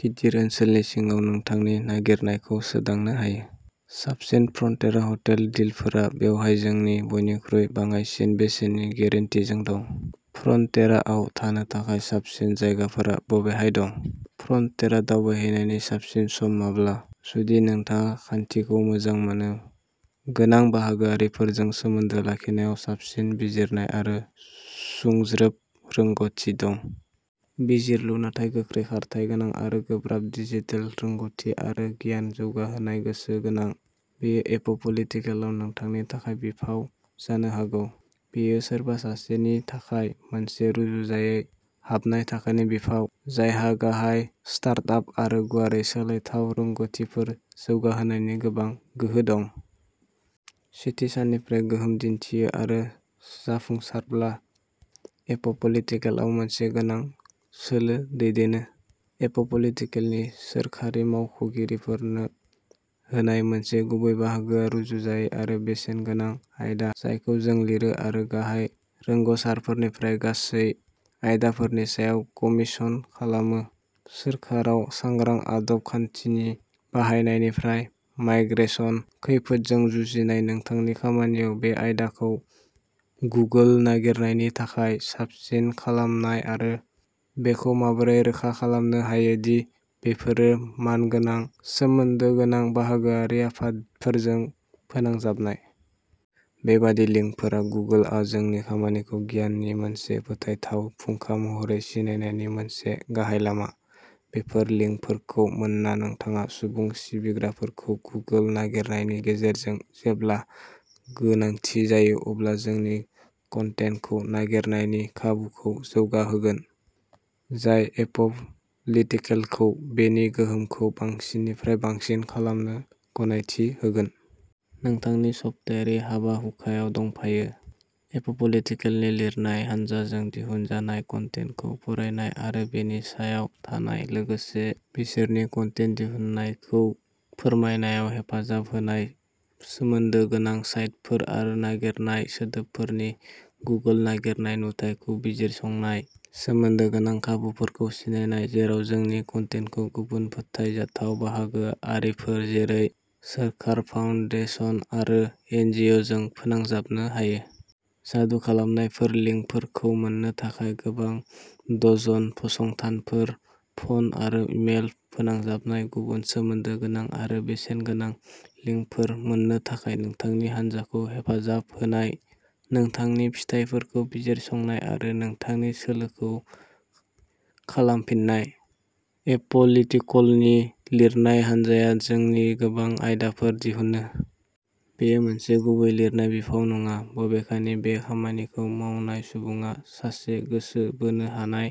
गिदिर ओनसोलनि सिङाव नोंथांनि नागिरनायखौ सोदांनो हायो। साबसिन फ्रन्टेरा हटेल डिलफोरा बेवहाय जोंनि बयनिख्रुइ बाङाइसिन बेसेननि गेरेन्टिजों दं। फ्रन्टेराआव थानो थाखाय साबसिन जायगाफोरा बबेहाय दं? फ्रन्टेरा दावबायहैनायनि साबसिन सम माब्ला? जुदि नोंथाङा खान्थिखौ मोजां मोनो गोनां बाहागोआरिफोरजों सोमोन्दो लाखिनायाव साबसिन बिजिरनाय आरो सुंज्रोब रोंग'थि दं। बिजिरलु नाथाय गोख्रै खारथाय गोनां आरो गोब्राब डिजिटेल रोंग'थि आरो गियान जौगाहोनायाव गोसो गोनां। बेयो एप'पलिटिकेलआव नोंथांनि थाखाय बिफाव जानो हागौ। बेयो सोरबा सासेनि थाखाय मोनसे रुजुजायै हाबनाय थाखोनि बिफाव जायहा गाहाय स्टार्ट आप आरो गुवारै सोलायथाव रोंगथिफोर जौगाहोनायनि गोबां गोहो दं। सेथि साननिफ्राय गोहोम दिनथियो आरो जाफुंसारब्ला एप'पलिटिकेलआव मोनसे गोनां सोलो दैदेनो। एप'पलिटिकेलनि सोरखारि मावख'गिरिफोरनो होनाय मोनसे गुबै बाहागोआ रुजुजायै आरो बेसेनगोनां आयदा जायखौ जों लिरो आरो गाहाय रोंगसारफोरनिफ्राय गासै आयदाफोरनि सायाव कमिसन खालामो सोरखाराव सांग्रां आदब खान्थिनि बाहायनायनिफ्राय माइग्रेसन खैफोदजों जुजिनाय नोंथांनि खामानियाव बे आयदाखौ गुगोल नागिरनायनि थाखाय साबसिन खालामनाय आरो बेखौ माबोरै रोखा खालामनो हायो दि बेफोरो मानगोनां सोमोन्दो गोनां बाहागोआरि आफादफोरजों फोनांजाबनाय। बेबादि लिंकफोरा गुगोलआ जोंनि खामानिखौ गियाननि मोनसे फोथायथाव फुंखा महरै सिनायनायनि मोनसे गाहाय लामा। बेफोर लिंकफोरखौ मोनना नोंथाङा सुबुं सिबिग्राफोरखौ गुगोल नागिरनायनि गेजेरजों जेब्ला गोनांथि जायो अब्ला जोंनि कन्टेन्टखौ नागिरनायनि खाबुखौ जौगाहोगोन। जाय एप'लिटिकेलखौ बेनि गोहोमखौ बांसिननिफ्राय बांसिन खालामनो गनायथि होगोन। नोंथांनि सप्तायारि हाबाहुखायाव दंफायो। एप'लिटिकेलनि लिरनाय हानजाजों दिहुनजानाय कन्टेन्टखौ फरायनाय आरो बेनि सायाव थानाय लोगोसे बिसोरनि कन्टेन्ट दिहुन्नायखौ फोरमायनायाव हेफाजाब होनाय सोमोन्दो गोनां साइटफोर आरो नागिरनाय सोदोबफोरनि गुगोल नागिरनाय नुथायखौ बिजिरसंनाय सोमोन्दो गोनां खाबुफोरखौ सिनायनाय जेराव जोंनि कन्टेन्टखौ गुबुन फोथायजाथाव बाहागो आरिफोर जेरै सोरखार फाउन्डेसन आरो एनजिअजों फोनांजाबनो हायो। जादु खालामनायफोर लिंकफोरखौ मोननो थाखाय गोबां डजन फसंथानफोर फन आरो इमेल फोनांजाबनाय गुबुन सोमोन्दो गोनां आरो बेसेनगोनां लिंकफोर मोन्नो थाखाय नोंथांनि हानजाखौ हेफाजाब होनाय नोंथांनि फिथायफोरखौ बिजिरसंनाय आरो नोंथांनि सोलोखौ खालामफिननाय। एप'लिटिकलनि लिरनाय हानजाया जोंनि गोबां आयदाफोर दिहुनो। बेयो मोनसे गुबै लिरनाय बिफाव नङा-बबेखानि बे खामानिखौ मावनाय सुबुङा सासे गोसो बोनो हानाय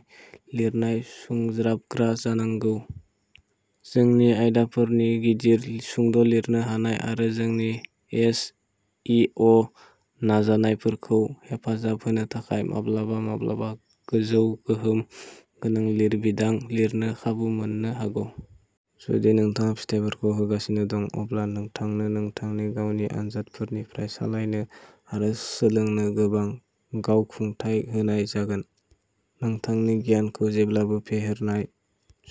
लिरनाय सुंजाबग्रा जानांगौ। जोंनि आयदाफोरनि गिदिर सुंद' लिरनो हानाय आरो जोंनि एस इ अ नाजानायफोरखौ हेफाजाब होनो थाखाय माब्लाबा-माब्लाबा गोजौ गोहोम गोनां लिरबिदां लिरनो खाबु मोननो हागौ। जुदि नोंथाङा फिथायफोरखौ होगासिनो दं, अब्ला नोंथांनो नोंथांनि गावनि आनजादफोरनिफ्राय सालायनो आरो सोलोंनो गोबां गावखुंथाय होनाय जागोन, नोंथांनि गियानखौ जेब्लाबो फेहेरनाय।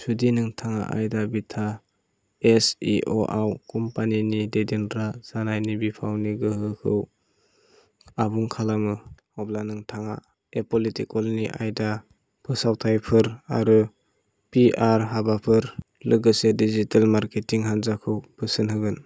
जुदि नोंथाङा आयदा-बिथा एस इ अ आव कम्पानिनि दैदेनग्रा जानायनि बिफावनि गोहोखौ आबुं खालामो, अब्ला नोंथाङा एप'लिटिकलनि आयदा, फोसावथायफोर आरो पि आर हाबाफोर, लोगोसे डिजिटेल मार्केटिं हानजाखौ बोसोन होगोन।